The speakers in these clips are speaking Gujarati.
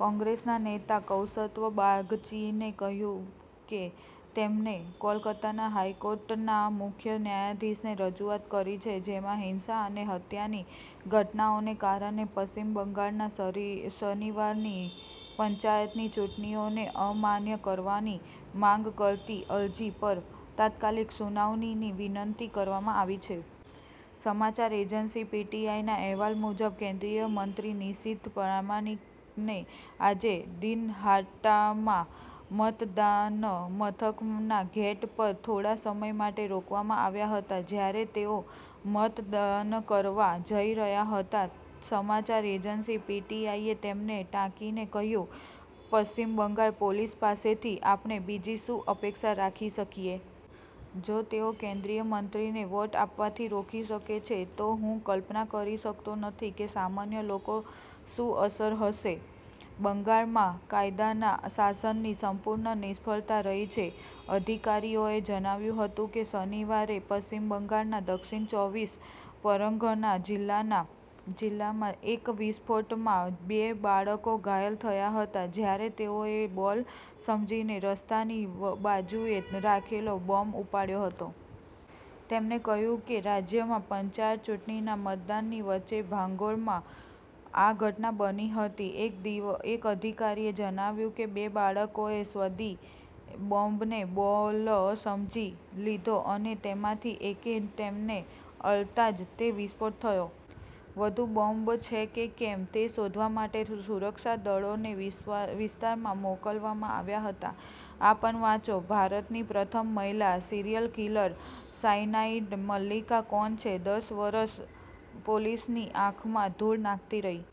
કોંગ્રેસના નેતા કૌસ્તવ બાગચીએ કહ્યું કે, તેમણે કોલકાતા હાઈકોર્ટના મુખ્ય ન્યાયાધીશને રજૂઆત કરી છે, જેમાં હિંસા અને હત્યાની ઘટનાઓને કારણે પશ્ચિમ બંગાળમાં શનિવારની પંચાયતની ચૂંટણીઓને અમાન્ય કરવાની માંગ કરતી અરજી પર તાત્કાલિક સુનાવણીની વિનંતી કરવામાં આવી છે. સમાચાર એજન્સી પીટીઆઈના અહેવાલ મુજબ કેન્દ્રીય મંત્રી નિશીથ પ્રામાણિકને આજે દિનહાટામાં મતદાન મથકના ગેટ પર થોડા સમય માટે રોકવામાં આવ્યા હતા, જ્યારે તેઓ મતદાન કરવા જઈ રહ્યા હતા. સમાચાર એજન્સી પીટીઆઈએ તેમને ટાંકીને કહ્યું, પશ્ચિમ બંગાળ પોલીસ પાસેથી આપણે બીજી શું અપેક્ષા રાખી શકીએ? જો તેઓ કેન્દ્રીય મંત્રીને વોટ આપવાથી રોકી શકે છે, તો હું કલ્પના કરી શકતો નથી કે સામાન્ય લોકો શું અસર હશે. બંગાળમાં કાયદાના શાસનની સંપૂર્ણ નિષ્ફળતા રહી છે. અધિકારીઓએ જણાવ્યું હતું કે, શનિવારે પશ્ચિમ બંગાળના દક્ષિણ ચોવીસ પરગણા જિલ્લામાં એક વિસ્ફોટમાં બે બાળકો ઘાયલ થયા હતા, જ્યારે તેઓએ બોલ સમજીને રસ્તાની બાજુએ રાખેલો બોમ્બ ઉપાડ્યો હતો. તેમણે કહ્યું કે, રાજ્યમાં પંચાયત ચૂંટણીના મતદાનની વચ્ચે ભાંગોરમાં આ ઘટના બની હતી. એક અધિકારીએ જણાવ્યું કે, બે બાળકોએ સ્વદેી બોમ્બને બોલ સમજી લીધો અને તેમાંથી એકે તેને અડતા જ તે વિસ્ફોટ થયો. વધુ બોમ્બ છે કે કેમ, તે શોધવા માટે સુરક્ષા દળોને વિસ્તારમાં મોકલવામાં આવ્યા હતા. આ પણ વાંચો, ભારતની પ્રથમ મહિલા સિરિયલ કિલર સાયનાઇડ મલ્લિકા કોણ છે? દસ વર્ષ પોલીસની આંખમાં ધૂળ નાખતી રહી.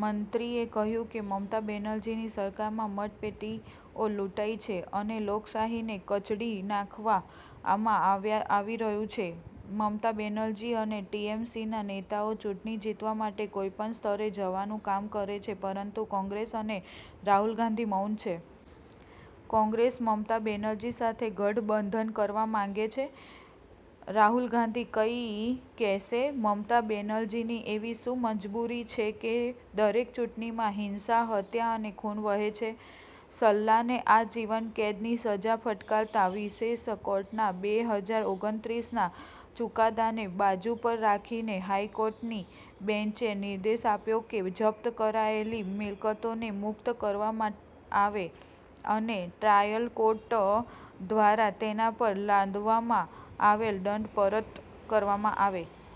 મંત્રીએ કહ્યું કે, મમતા બેનરજીની સરકારમાં મતપેટીઓ લૂંટાય છે અને લોકશાહીને કચડી નાખવામાં આવી રહ્યું છે, મમતા બેનર્જી અને ટીએમસીના નેતાઓ ચૂંટણી જીતવા માટે કોઈપણ સ્તરે જવાનું કામ કરે છે, પરંતુ કોંગ્રેસ અને રાહુલ ગાંધી મૌન છે. કોંગ્રેસ મમતા બેનર્જી સાથે ગઠબંધન કરવા માંગે છે? રાહુલ ગાંધી કંઈ કહેશે? મમતા બેનર્જીની એવી શું મજબૂરી છે કે, દરેક ચૂંટણીમાં હિંસા, હત્યા અને ખૂન વહે છે? સલ્લાને આજીવન કેદની સજા ફટકારતા વિશેષ કોર્ટના બેહજાર ઓગણીસ ના ચુકાદાને બાજુ પર રાખીને, હાઈકોર્ટની બેન્ચે નિર્દેશ આપ્યો કે, જપ્ત કરાયેલી મિલકતોને મુક્ત કરવામાં આવે અને ટ્રાયલ કોર્ટ દ્વારા તેના પર લાદવામાં આવેલ દંડ પરત કરવામાં આવે.